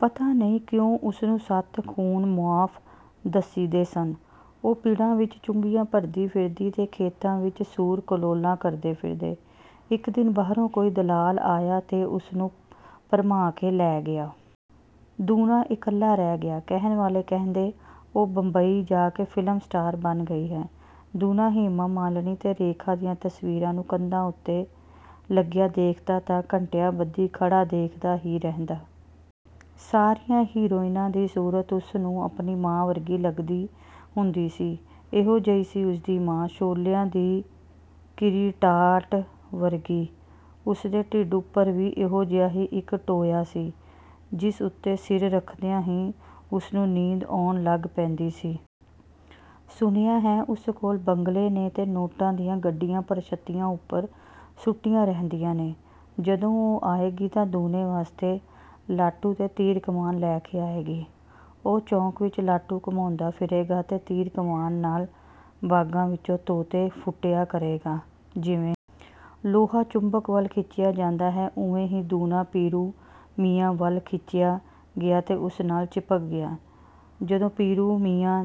ਪਤਾ ਨਹੀਂ ਕਿਉਂ ਉਸਨੂੰ ਸੱਤ ਖੂਨ ਮੁਆਫ਼ ਦੱਸੀਦੇ ਸਨ। ਉਹ ਪਿੜਾਂ ਵਿੱਚ ਚੁੱਘੀਆਂ ਭਰਦੀ ਫਿਰਦੀ ਤੇ ਖੇਤਾਂ ਵਿੱਚ ਸੂਰ ਕਲੋਲਾਂ ਕਰਦੇ ਰਹਿੰਦੇ। ਇੱਕ ਦਿਨ ਬਾਹਰੋਂ ਕੋਈ ਦਲਾਲ ਆਇਆ ਤੇ ਉਸਨੂੰ ਭਰਮਾ ਕੇ ਲੈ ਗਿਆ। ਦੂਣਾ ਇਕੱਲਾ ਰਹਿ ਗਿਆ। ਕਹਿਣ ਵਾਲੇ ਕਹਿੰਦੇ, 'ਉਹ ਬੰਬਈ ਜਾ ਕੇ ਫ਼ਿਲਮ ਸਟਾਰ ਬਣ ਗਈ ਹੈ।' ਦੂਣਾ ਹੇਮਾ ਮਾਲਿਨੀ ਤੇ ਰੇਖਾ ਦੀਆਂ ਤਸਵੀਰਾਂ ਨੂੰ ਕੰਧਾਂ ਉੱਤੇ ਲੱਗਿਆ ਦੇਖਦਾ ਤਾਂ ਘੰਟਿਆਂਬੱਧੀ ਖੜ੍ਹਾ ਦੇਖਦਾ ਹੀ ਰਹਿੰਦਾ। ਸਾਰੀਆਂ ਹੀਰੋਇਨਾਂ ਦੀ ਸੂਰਤ ਉਸਨੂੰ ਆਪਣੀ ਮਾਂ ਵਰਗੀ ਲੱਗਦੀ ਹੁੰਦੀ ਸੀ। ਇਹੋ ਜਿਹੀ ਸੀ ਉਸਦੀ ਮਾਂ ਛੋਲਿਆਂ ਦੀ ਕਿਰੀ ਟਾਟ ਵਰਗੀ। ਉਸਦੇ ਢਿੱਡ ਉੱਪਰ ਵੀ ਇਹੋ ਜਿਹਾ ਹੀ ਇੱਕ ਟੋਇਆ ਸੀ, ਜਿਸ ਉੱਤੇ ਸਿਰ ਰੱਖਦਿਆਂ ਹੀ ਉਸਨੂੰ ਨੀਂਦ ਆਉਣ ਲੱਗ ਪੈਂਦੀ ਸੀ। ਸੁਣਿਆ ਹੈ ਉਸ ਕੋਲ ਬੰਗਲੇ ਨੇ ਤੇ ਨੋਟਾਂ ਦੀਆਂ ਗੱਡੀਆਂ ਪਰਛੱਤੀਆਂ ਉੱਪਰ ਸੁੱਟੀਆਂ ਰਹਿੰਦੀਆਂ ਨੇ। ਜਦੋਂ ਉਹ ਆਏਗੀ ਤਾਂ ਦੂਣੇ ਵਾਸਤੇ ਲਾਟੂ ਤੇ ਤੀਰ-ਕਮਾਨ ਲੈ ਕੇ ਆਏਗੀ। ਉਹ ਚੌਂਕ ਵਿੱਚ ਲਾਟੂ ਘੁਮਾਉਂਦਾ ਫਿਰੇਗਾ ਤੇ ਤੀਰ-ਕਮਾਨ ਨਾਲ ਬਾਗਾਂ ਵਿੱਚੋਂ ਤੋਤੇ ਫੁੱਟਿਆ ਕਰੇਗਾ। ਜਿਵੇਂ, ਲੋਹਾ ਚੁੰਬਕ ਵੱਲ ਖਿੱਚਿਆ ਜਾਂਦਾ ਹੈ ਓਵੇਂ ਹੀ ਦੂਣਾ ਪੀਰੂ ਮੀਆਂ ਵੱਲ ਖਿੱਚਿਆ ਗਿਆ ਤੇ ਉਸੇ ਨਾਲ ਚਿਪਕ ਗਿਆ। ਜਦੋਂ ਪੀਰੂ ਮੀਆਂ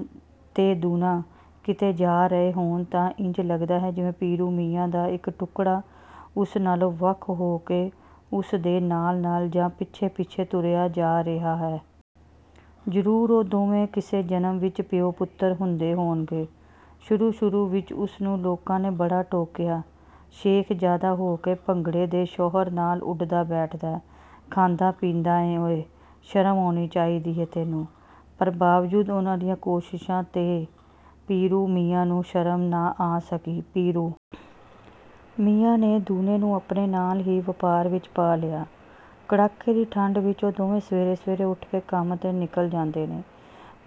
ਤੇ ਦੂਣਾ ਕਿਤੇ ਜਾ ਰਹੇ ਹੋਣ ਤਾਂ ਇੰਜ ਲੱਗਦਾ ਹੈ ਜਿਵੇਂ ਪੀਰੂ ਮੀਆਂ ਦਾ ਇੱਕ ਟੁਕੜਾ ਉਸ ਨਾਲੋਂ ਵੱਖ ਹੋ ਕੇ ਉਸਦੇ ਨਾਲ-ਨਾਲ ਜਾਂ ਪਿੱਛੇ-ਪਿੱਛੇ ਤੁਰਿਆ ਜਾ ਰਿਹਾ ਹੈ। ਜ਼ਰੂਰ ਉਹ ਦੋਵੇਂ ਕਿਸੇ ਜਨਮ ਵਿੱਚ ਪਿਓ-ਪੁੱਤਰ ਹੁੰਦੇ ਹੋਣਗੇ। ਸ਼ੁਰੂ-ਸ਼ੁਰੂ ਵਿੱਚ ਉਸਨੂੰ ਲੋਕਾਂ ਨੇ ਬੜਾ ਟੋਕਿਆ 'ਸ਼ੇਖਜ਼ਾਦਾ ਹੋ ਕੇ ਭੰਗੜਾਂ ਦੇ ਛੋਹਰ ਨਾਲ ਉੱਠਦਾ-ਬੈਠਦਾ, ਖਾਂਦਾ-ਪੀਂਦਾ ਏਂ ਓਏ, ਸ਼ਰਮ ਆਉਣੀ ਚਾਹੀਦੀ ਏ ਤੈਨੂੰ।' ਪਰ ਬਾਵਜੂਦ ਉਹਨਾਂ ਦੀਆਂ ਕੋਸ਼ਿਸ਼ਾਂ ਦੇ ਪੀਰੂ ਮੀਆਂ ਨੂੰ ਸ਼ਰਮ ਨਾ ਆ ਸਕੀ। ਪੀਰੂ ਮੀਆਂ ਨੇ ਦੂਣੇ ਨੂੰ ਆਪਣੇ ਨਾਲ ਹੀ ਵਪਾਰ ਵਿੱਚ ਪਾ ਲਿਆ। ਕੜਾਕੇ ਦੀ ਠੰਡ ਵਿੱਚ ਉਹ ਦੋਵੇਂ ਸਵੇਰੇ-ਸਵੇਰੇ ਉੱਠ ਕੇ ਕੰਮ 'ਤੇ ਨਿਕਲ ਜਾਂਦੇ ਨੇ।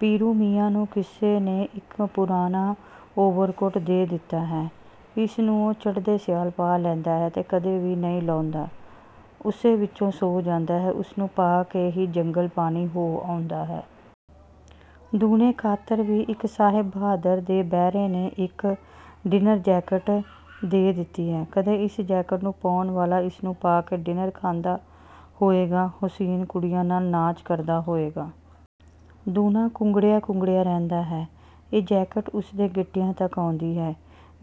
ਪੀਰੂ ਮੀਆਂ ਨੂੰ ਕਿਸੇ ਨੇ ਇੱਕ ਪੁਰਾਣਾ ਓਵਰਕੋਟ ਦੇ ਦਿੱਤਾ ਹੈ ਜਿਸ ਨੂੰ ਉਹ ਚੜ੍ਹਦੇ ਸਿਆਲ ਪਾ ਲੈਂਦਾ ਹੈ ਤੇ ਕਦੇ ਵੀ ਨਹੀਂ ਲਾਹੁੰਦਾ ਉਸੇ ਵਿੱਚ ਸੌਂ ਜਾਂਦਾ ਹੈ, ਉਸਨੂੰ ਪਾ ਕੇ ਹੀ ਜੰਗਲ-ਪਾਣੀ ਹੋ ਆਉਂਦਾ ਹੈ। ਦੂਣੇ ਖਾਤਰ ਵੀ ਇੱਕ ਸਾਹਿਬ ਬਹਾਦਰ ਦੇ ਬੈਰੇ ਨੇ ਇੱਕ ਡਿਨਰ ਜੈਕਟ ਦੇ ਦਿੱਤੀ ਹੈ। ਕਦੇ ਇਸ ਜੈਕਟ ਨੂੰ ਪਾਉਣ ਵਾਲਾ ਇਸਨੂੰ ਪਾ ਕੇ ਡਿਨਰ ਖਾਂਦਾ ਹੋਏਗਾ, ਹੁਸੀਨ ਕੁੜੀਆਂ ਨਾਲ ਨਾਚ ਕਰਦਾ ਹੋਏਗਾ। ਦੂਣਾ ਕੁੰਗੜਿਆ-ਕੁੰਗੜਿਆ ਰਹਿੰਦਾ ਹੈ। ਇਹ ਜੈਕਟ ਉਸਦੇ ਗਿੱਟਿਆਂ ਤੱਕ ਆਉਂਦੀ ਹੈ।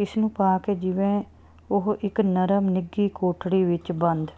ਇਸ ਨੂੰ ਪਾ ਕੇ ਜਿਵੇਂ ਉਹ ਇੱਕ ਨਰਮ, ਨਿੱਘੀ ਕੋਠੜੀ ਵਿੱਚ ਬੰਦ